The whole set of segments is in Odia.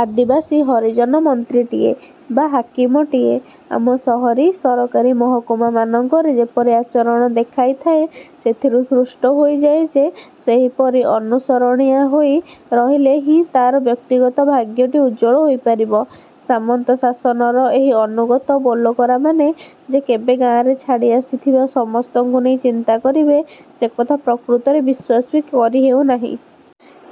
ଆଦିବାସୀ, ହରିଜନ ମନ୍ତ୍ରୀଟିଏ ବା ହାକିମଟିଏ ଆମ ସହରୀ ସରକାରୀ ମହକୁମା ମାନଙ୍କରେ ଯେପରି ଆଚରଣ ଦେଖାଇଥାଏ, ସେଥିରୁ ସୃଷ୍ଟ ହୋଇଯାଏ ଯେ, ସେହିପରି ଅନୁସରଣିଆ ହୋଇ ରହିଲେ ହି ତା'ର ବ୍ୟକ୍ତିଗତ ଭାଗ୍ୟଟି ଉଜ୍ଜ୍ୱଳ ହୋଇପାରିବ। ସାମନ୍ତ ଶାସନର ଏହି ଅନୁଗତ ବୋଲକରାମାନେ ଯେ କେବେ ଗାଆଁରେ ଛାଡ଼ି ଆସିଥିବା ସମସ୍ତଙ୍କୁ ନେଇ ଚିନ୍ତା କରିବେ, ସେକଥା ପ୍ରକୃତରେ ବିଶ୍ୱାସ ବି କରି ହେଉନାହିଁ।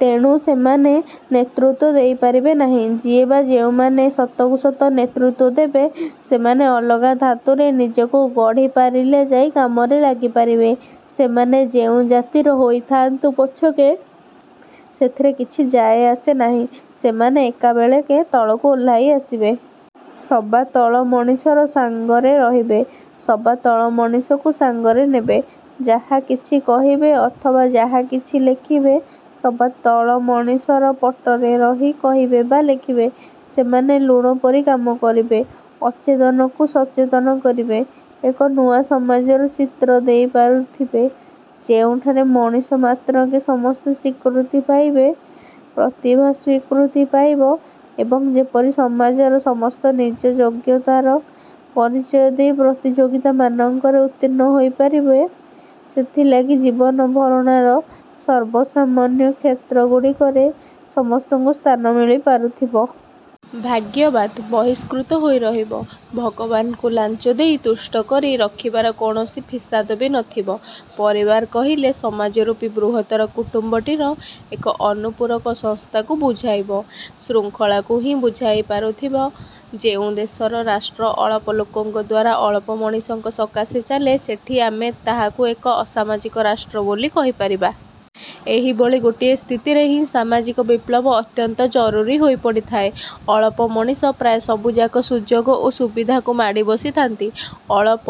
ତେଣୁ ସେମାନେ ନେତୃତ୍ୱ ଦେଇପାରିବେ ନାହିଁ । ଯିଏ ବା ଯେଉଁମାନେ ସତକୁ ସତ ନେତୃତ୍ୱ ଦେବେ ସେମାନେ ଅଲଗା ଧାତୁରେ ନିଜକୁ ଗଢ଼ି ପାରିଲେ ଯାଇ କାମରେ ଲାଗିପାରିବେ। ସେମାନେ ଯେଉଁ ଜାତିର ହୋଇଥାଆନ୍ତୁ ପଛକେ, ସେଥିରେ କିଛି ଯାଏଆସେ ନାହିଁ। ସେମାନେ ଏକାବେଳେକେ ତଳକୁ ଓହ୍ଲାଇ ଆସିବେ। ସବାତଳ ମଣିଷର ସାଙ୍ଗରେ ରହିବେ, ସବାତଳ ମଣିଷକୁ ସାଙ୍ଗରେ ନେବେ। ଯାହାକିଛି କହିବେ ଅଥବା ଯାହାକିଛି ଲେଖିବେ, ସବାତଳ ମଣିଷର ପଟରେ ରହି କହିବେ ବା ଲେଖିବେ। ସେମାନେ ଲୁଣ ପରି କାମ କରିବେ। ଅଚେତନକୁ ସଚେତନ କରିବେ। ଏକ ନୂଆ ସମାଜର ଚିତ୍ର ଦେଇପାରୁଥିବେ, ଯେଉଁଠାରେ ମଣିଷ ମାତ୍ରକେ ସମସ୍ତେ ସ୍ଵୀକୃତି ପାଇବେ, ପ୍ରତିଭା ସ୍ୱୀକୃତି ପାଇବ ଏବଂ ଯେପରି ସମାଜର ସମସ୍ତେ ନିଜ ଯୋଗ୍ୟତାର ପରିଚୟ ଦେଇ ପ୍ରତିଯୋଗିତା ମାନଙ୍କରେ ଉତ୍ତୀର୍ଣ୍ଣ ହୋଇପାରିବେ, ସେଥିଲାଗି ଜୀବନଭରଣାର ସର୍ବସାମାନ୍ୟ କ୍ଷେତ୍ରଗୁଡ଼ିକରେ ସମସ୍ତଙ୍କୁ ସ୍ଥାନ ମିଳିପାରୁଥିବ। ଭାଗ୍ୟବାଦ ବହିଷ୍କୃତ ହୋଇରହିବ। ଭଗବାନଙ୍କୁ ଲାଞ୍ଚ ଦେଇ ତୁଷ୍ଟ କରି ରଖିବାର କୌଣସି ଫିସାଦ ବି ନଥିବ। ପରିବାର କହିଲେ ସମାଜରୂପୀ ବୃହତ୍ତର କୁଟୁମ୍ବଟିର ଏକ ଅନୁପୂରକ ସଂସ୍ଥାକୁ ବୁଝାଇବ, ଶୃଙ୍ଖଳାକୁ ହିଁ ବୁଝାଇ ପାରୁଥିବ ଯେଉଁ ଦେଶର ରାଷ୍ଟ୍ର ଅଳପ ଲୋକଙ୍କ ଦ୍ୱାରା ଅଳପ ମଣିଷଙ୍କ ସକାଶେ ଚାଲେ, ସେଠି ଆମେ ତାହାକୁ ଏକ ଅସାମାଜିକ ରାଷ୍ଟ୍ର ବୋଲି କହିପାରିବା। ଏହିଭଳି ଗୋଟିଏ ସ୍ଥିତିରେ ହିଁ ସାମାଜିକ ବିପ୍ଳବ ଅତ୍ୟନ୍ତ ଜରୁରୀ ହୋଇପଡ଼ିଥାଏ। ଅଳପ ମଣିଷ ପ୍ରାୟ ସବୁଯାକ ସୁଯୋଗ ଓ ସୁବିଧାକୁ ମାଡ଼ି ବସିଥାନ୍ତି। ଅଳପ।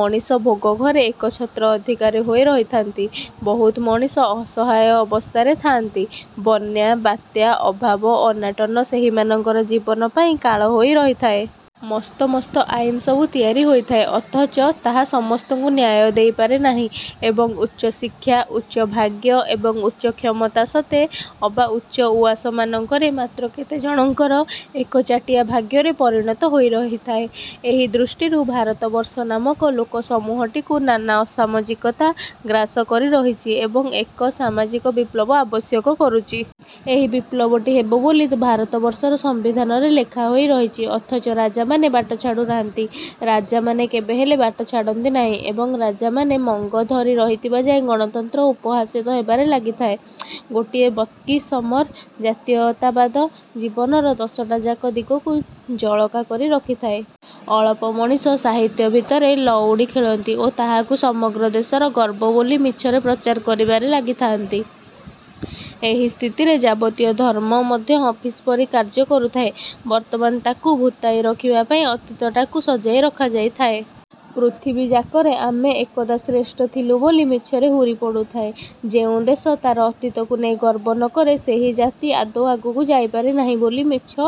ମଣିଷ ଭୋଗଘରେ ଏକଛତ୍ର ଅଧିକାରୀ ହୋଇ ରହିଥାନ୍ତି। ବହୁତ ମଣିଷ ଅସହାୟ ଅବସ୍ଥାରେ ଥାଆନ୍ତି। ବନ୍ୟା, ବାତ୍ୟା, ଅଭାବ, ଅନାଟନ ସେହିମାନଙ୍କର ଜୀବନ ପାଇଁ କାଳ ହୋଇ ରହିଥାଏ। ମସ୍ତ ମସ୍ତ ଆଇନ ସବୁ ତିଆରି ହୋଇଥାଏ, ଅଥଚ ତାହା ସମସ୍ତଙ୍କୁ ନ୍ୟାୟ ଦେଇପାରେ ନାହିଁ। ଏବଂ ଉଚ୍ଚଶିକ୍ଷା, ଉଚ୍ଚଭାଗ୍ୟ ଏବଂ ଉଚ୍ଚକ୍ଷମତା ସତେ ଅବା ଉଚ୍ଚ ଉଆସମାନଙ୍କରେ ମାତ୍ର କେତେଜଣଙ୍କର ଏକଚାଟିଆ ଭାଗ୍ୟରେ ପରିଣତ ହୋଇ ରହିଥାଏ । ଏହି ଦୃଷ୍ଟିରୁ ଭାରତବର୍ଷ ନାମକ ଲୋକସମୂହଟିକୁ ନାନା ଅସାମାଜିକତା ଗ୍ରାସ କରି ରହିଛି ଏବଂ ଏକ ସାମାଜିକ ବିପ୍ଳବ ଆବଶ୍ୟକ କରୁଛି। ଏହି ବିପ୍ଳବଟି ହେବ ବୋଲି ଭାରତବର୍ଷର ସମ୍ବିଧାନରେ ଲେଖାହୋଇ ରହିଛି, ଅଥଚ ରାଜାମାନେ ବାଟ ଛାଡୁନାହାନ୍ତି। ରାଜାମାନେ କେବେହେଲେ ବାଟ ଛାଡ଼ନ୍ତି ନାହିଁ ଏବଂ ରାଜାମାନେ ମଙ୍ଗ ଧରି ରହିଥିବା ଯାଏ ଗଣତନ୍ତ୍ର ଉପହସିତ ହେବାରେ ଲାଗିଥାଏ। ଗୋଟାଏ ବଦ୍କିସମର ଜାତୀୟତାବାଦ ଜୀବନର ଦଶଟାଯାକ ଦିଗକୁ ଜଳକା କରି ରଖିଥାଏ। ଅଳପ ମଣିଷ ସାହିତ୍ୟ ଭିତରେ ଲଉଡ଼ି ଖେଳନ୍ତି ଓ ତାହାକୁ ସମଗ୍ର ଦେଶର ଗର୍ବ ବୋଲି ମିଛରେ ପ୍ରଚାର କରିବାରେ ଲାଗିଥାଆନ୍ତି। ଏହି ସ୍ଥିତିରେ ଯାବତୀୟ ଧର୍ମ ମଧ୍ୟ ଅଫିସ ପରି କାର୍ଯ୍ୟ କରୁଥାଏ। ବର୍ତ୍ତମାନ ତାକୁ ଭୂତାଇ ରଖିବା ପାଇଁ ଅତୀତଟାକୁ ସଜାଇ ରଖାଯାଇଥାଏ। ପୃଥିବୀଯାକରେ ଆମେ ଏକଦା ଶ୍ରେଷ୍ଠ ଥିଲୁ ବୋଲି ମିଛରେ ହୁରି ପଡୁଥାଏ। ଯେଉଁ ଦେଶ ତାର ଅତୀତକୁ ନେଇ ଗର୍ବ ନକରେ, ସେହି ଜାତି ଆଦୌ ଆଗକୁ ଯାଇପାରେ ନାହିଁ ବୋଲି ମିଛ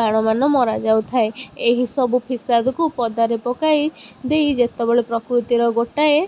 ବାଣମାନ ମରା ଯାଉଥାଏ। ଏହିସବୁ ଫିସାଦକୁ ପଦାରେ ପକାଇ ଦେଇ ଯେତେବେଳେ ପ୍ରକୃତିର ଗୋଟାଏ ।